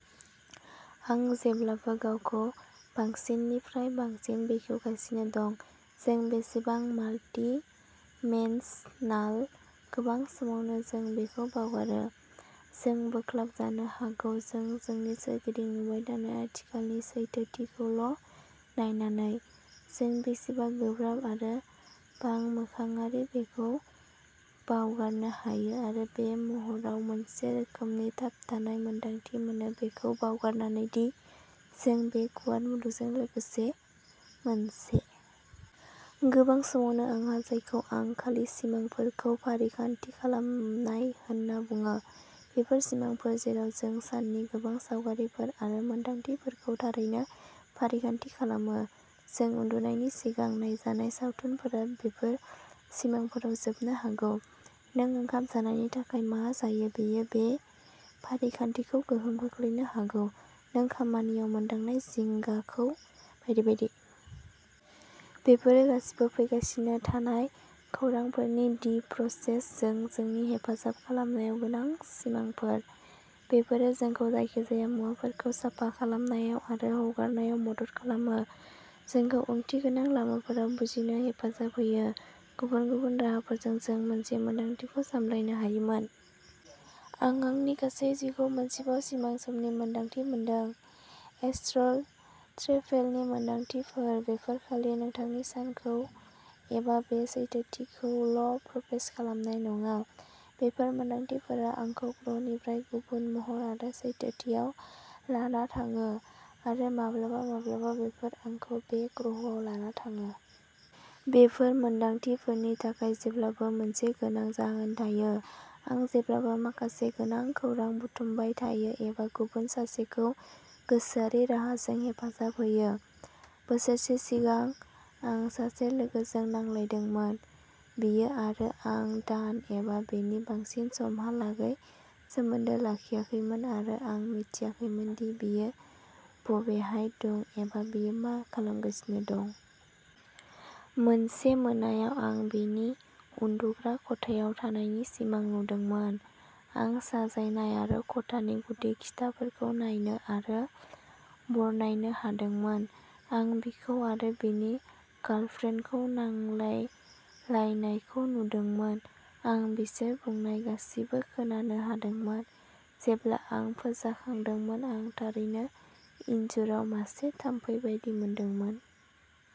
आं जेब्लाबो गावखौ बांसिननिफ्राय बांसिन बेखेवगासिनो दं, जों बेसेबां माल्टिमेन्सनाल। गोबां समावनो जों बेखौ बावगारो, जों बोख्लाबजानो हागौ। जों जोंनि सोरगिदिं नुबाय थानाय आथिखालनि सैथोथिखौल'नायनानै। जों बेसेबां गोब्राब आरो बांमोखाङारि बेखौ बावगारनो हायो आरो बे महरआव मोनसे रोखोमनि थाबथानाय मोन्दांथि मोनो, बेखौ बावगारनानै दि जों बे गुवार मुलुगजों लोगोसे मोनसे। गोबां समावनो आंहा जायखौ आं खालि सिमांफोरखौ फारिखान्थि खालामनाय होनना बुङो, बेफोरो सिमांफोर जेराव जों साननि गोबां सावगारिफोर आरो मोनदांथिफोरखौ थारैनो फारिखान्थि खालामो-जों उन्दुनायनि सिगां नायजानाय सावथुनफोरा बेफोर सिमांफोराव जोबनो हागौ, नों ओंखाम जानायनि थाखाय मा जायो बेयो बे फारिखान्थिखौ गोहोम खोख्लैनो हागौ, नों खामानियाव मोनदांनाय जिंगाखौ बायदि बायदि। बेफोरो गासैबो फैगासिनो थानाय खौरांफोरनि "दि प्रसेस" जों जोंनि हेफाजाब खालामनायाव गोनां सिमांफोर। बेफोरो जोंखौ जायखिजाया मुवाफोरखौ साफा खालामनायाव आरो हगारनायाव मदद खालामो, जोंखौ ओंथिगोनां लामाफोराव बुजिनो हेफाजाब होयो, गुबुन गुबुन राहाफोरजों जों मोनसे मोनदांथिखौ सामलायनो हायोमोन। आं आंनि गासै जिउखौ मोनसेबाव सिमां समनि मोनदांथि मोनदों। एस्ट्रल ट्रेभेलनि मोन्दांथिफोर। बेफोर खालि नोंथांनि सानखौ एबा बे सैथोथिखौल'प्रसेस खालामनाय नङा। बेफोर मोन्दांथिफोरा आंखौ ग्रहनिफ्राय गुबुन महर आरो सैथोथियाव लाना थाङो, आरो माब्लाबा-माब्लाबा बेफोर आंखौ बे ग्रहआव लाना थाङो। बेफोर मोन्दांथिफोरनि थाखाय जेब्लाबो मोनसे गोनां जाहोन थायो। आं जेब्लाबो माखासे गोनां खौरां बुथुमबाय थायो एबा गुबुन सासेखौ गोसोआरि राहाजों हेफाजाब होयो। बोसोरसे सिगां, आं सासे लोगोजों नांलायदोंमोन। बियो आरो आं दान एबा बेनि बांसिन समहालागै सोमोन्दो लाखियाखैमोन आरो आं मिथियाखैमोन दि बियो बबेहाय दं एबा बियो मा खालामगासिनो दं। मोनसे मोनायाव आं बिनि उन्दुग्रा खथायाव थानायनि सिमां नुदोंमोन। आं साजायनाय आरो खथानि गुदि खिथाफोरखौ नायनो आरो बरनायनो हादोंमोन। आं बिखौ आरो बिनि गार्लफ्रेन्डखौ नांलायलायनायखौ नुदोंमोन, आं बिसोर बुंनाय गासैबो खोनानो हादोंमोन। जेब्ला आं फोजाखांदोंमोन आं थारैनो इनजुराव मासे थाम्फै बायदि मोनदोंमोन।